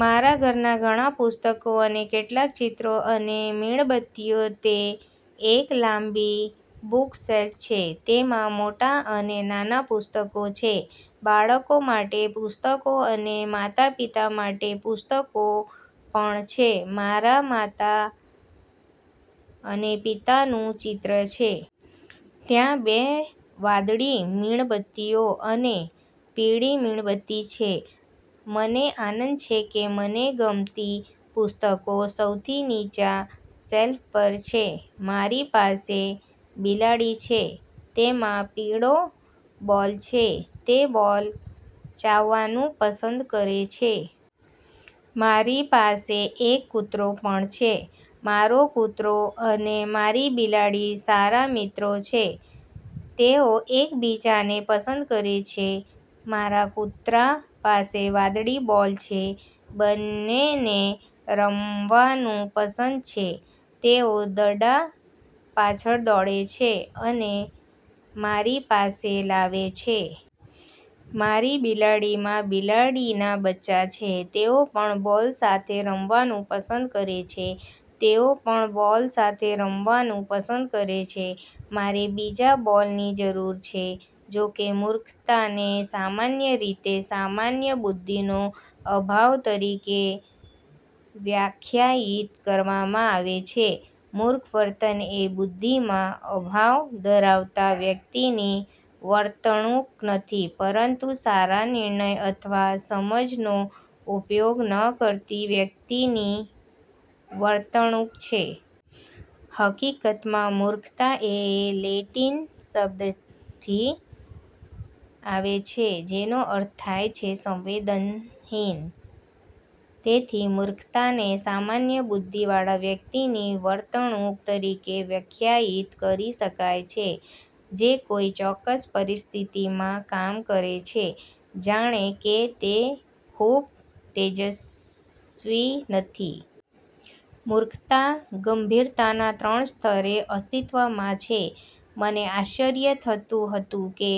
મારા ઘરના ઘણા પુસ્તકો અને કેટલાક ચિત્રો અને મીણબત્તીઓ. તે એક લાંબી બુકશેલ્ફ છે. તેમાં મોટા અને નાના પુસ્તકો છે. બાળકો માટે પુસ્તકો અને માતાપિતા માટે પુસ્તકો પણ છે. મારા માતા અને પિતાનું ચિત્ર છે. ત્યાં બે વાદળી મીણબત્તીઓ અને પીળી મીણબત્તી છે. મને આનંદ છે કે મને ગમતી પુસ્તકો સૌથી નીચા શેલ્ફ પર છે. મારી પાસે બિલાડી છે. તેમાં પીળો બોલ છે. તે બોલ ચાવવાનું પસંદ કરે છે. મારી પાસે એક કૂતરો પણ છે. મારો કૂતરો અને મારી બિલાડી સારા મિત્રો છે. તેઓ એકબીજાને પસંદ કરે છે. મારા કૂતરા પાસે વાદળી બોલ છે. બંનેને રમવાનું પસંદ છે. તેઓ દડા પાછળ દોડે છે અને મારી પાસે લાવે છે. મારી બિલાડીમાં બિલાડીના બચ્ચાં છે. તેઓ પણ બોલ સાથે રમવાનું પસંદ કરે છે. તેઓ પણ બોલ સાથે રમવાનું પસંદ કરે છે. મારે બીજા બોલની જરૂર છે. જોકે મૂર્ખતાને સામાન્ય રીતે 'સામાન્ય બુદ્ધિનો અભાવ' તરીકે વ્યાખ્યાયિત કરવામાં આવે છે, મૂર્ખ વર્તન એ બુદ્ધિમાં અભાવ ધરાવતા વ્યક્તિની વર્તણૂક નથી, પરંતુ સારા નિર્ણય અથવા સમજનો ઉપયોગ ન કરતી વ્યક્તિની વર્તણૂક છે. હકીકતમાં, મૂર્ખતા એ લેટિન શબ્દથી આવે છે જેનો અર્થ થાય છે 'સંવેદનહીન'. તેથી, મૂર્ખતાને સામાન્ય બુદ્ધિવાળા વ્યક્તિની વર્તણૂક તરીકે વ્યાખ્યાયિત કરી શકાય છે જે કોઈ ચોક્કસ પરિસ્થિતિમાં કામ કરે છે જાણે કે તે ખૂબ તેજસ્વી નથી. મૂર્ખતા ગંભીરતાના ત્રણ સ્તરે અસ્તિત્વમાં છે. મને આશ્ચર્ય થતું હતું કે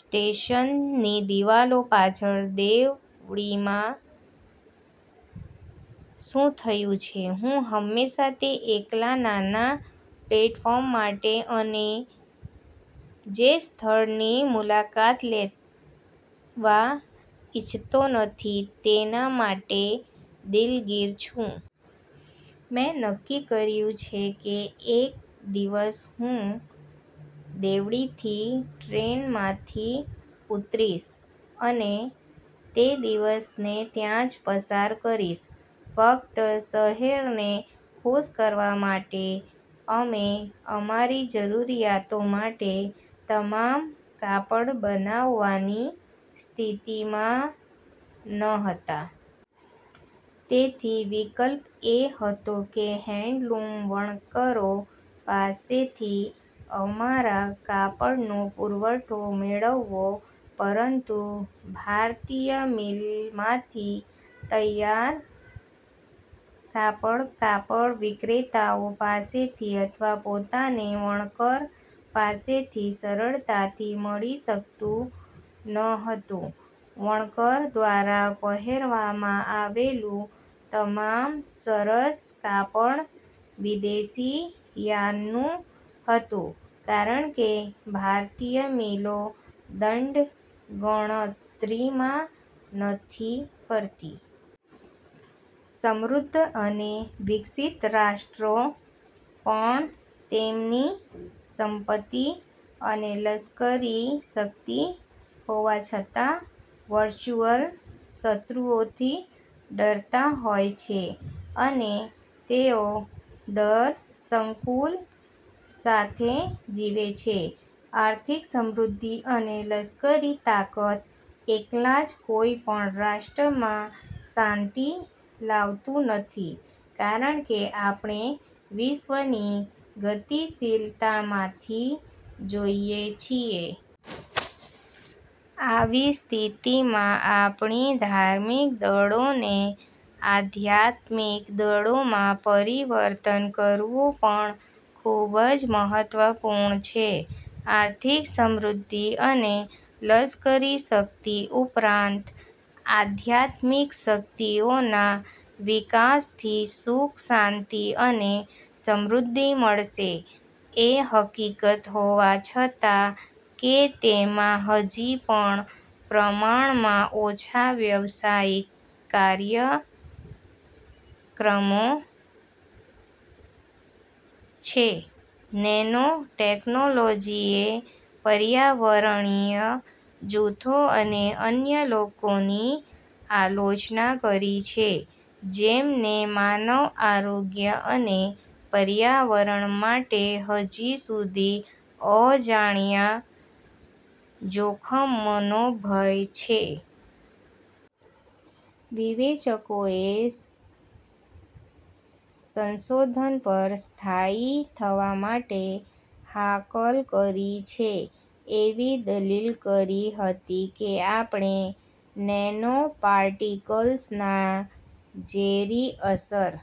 સ્ટેશનની દિવાલો પાછળ દેવળીમાં શું થયું છે. હું હંમેશાં તે એકલા નાના પ્લેટફોર્મ માટે, અને જે સ્થળની મુલાકાત લેવા ઇચ્છતો નથી તેના માટે દિલગીર છું. મેં નક્કી કર્યું છે કે એક દિવસ હું દેવળીથી ટ્રેનમાંથી ઉતરીશ, અને તે દિવસને ત્યાં જ પસાર કરીશ, ફક્ત શહેરને ખુશ કરવા માટે. અમે અમારી જરૂરિયાતો માટે તમામ કાપડ બનાવવાની સ્થિતિમાં ન હતા. તેથી વિકલ્પ એ હતો કે હેન્ડલૂમ વણકરો પાસેથી અમારા કાપડનો પુરવઠો મેળવવો. પરંતુ ભારતીય મિલમાંથી તૈયાર કાપડ કાપડ વિક્રેતાઓ પાસેથી અથવા પોતાને વણકર પાસેથી સરળતાથી મળી શકતું ન હતું. વણકર દ્વારા પહેરવામાં આવેલું તમામ સરસ કાપડ વિદેશી યાર્નનું હતું, કારણ કે ભારતીય મિલો દંડ ગણતરીમાં નથી ફરતી. સમૃદ્ધ અને વિકસિત રાષ્ટ્રો પણ, તેમની સંપત્તિ અને લશ્કરી શક્તિ હોવા છતાં, વર્ચુઅલ શત્રુઓથી ડરતા હોય છે અને તેઓ ડર સંકુલ સાથે જીવે છે. આર્થિક સમૃદ્ધિ અને લશ્કરી તાકાત, એકલા જ કોઈપણ રાષ્ટ્રમાં શાંતિ લાવતું નથી, કારણ કે આપણે વિશ્વની ગતિશીલતામાંથી જોઈએ છીએ. આવી સ્થિતિમાં આપણી ધાર્મિક દળોને આધ્યાત્મિક દળોમાં પરિવર્તન કરવું પણ ખૂબ જ મહત્વપૂર્ણ છે. આર્થિક સમૃદ્ધિ અને લશ્કરી શક્તિ ઉપરાંત આધ્યાત્મિક શક્તિઓના વિકાસથી સુખ, શાંતિ અને સમૃદ્ધિ મળશે. એ હકીકત હોવા છતાં કે તેમાં હજી પણ પ્રમાણમાં ઓછા વ્યવસાયિક કાર્યક્રમો છે, નેનો ટેકનોલોજીએ પર્યાવરણીય જૂથો અને અન્ય લોકોની આલોચના કરી છે જેમને માનવ આરોગ્ય અને પર્યાવરણ માટે હજી સુધી અજાણ્યા જોખમોનો ભય છે. વિવેચકોએ સંશોધન પર સ્થાયી થવા માટે હાકલ કરી છે, એવી દલીલ કરી હતી કે આપણે નેનોપાર્ટિકલ્સના ઝેરી અસર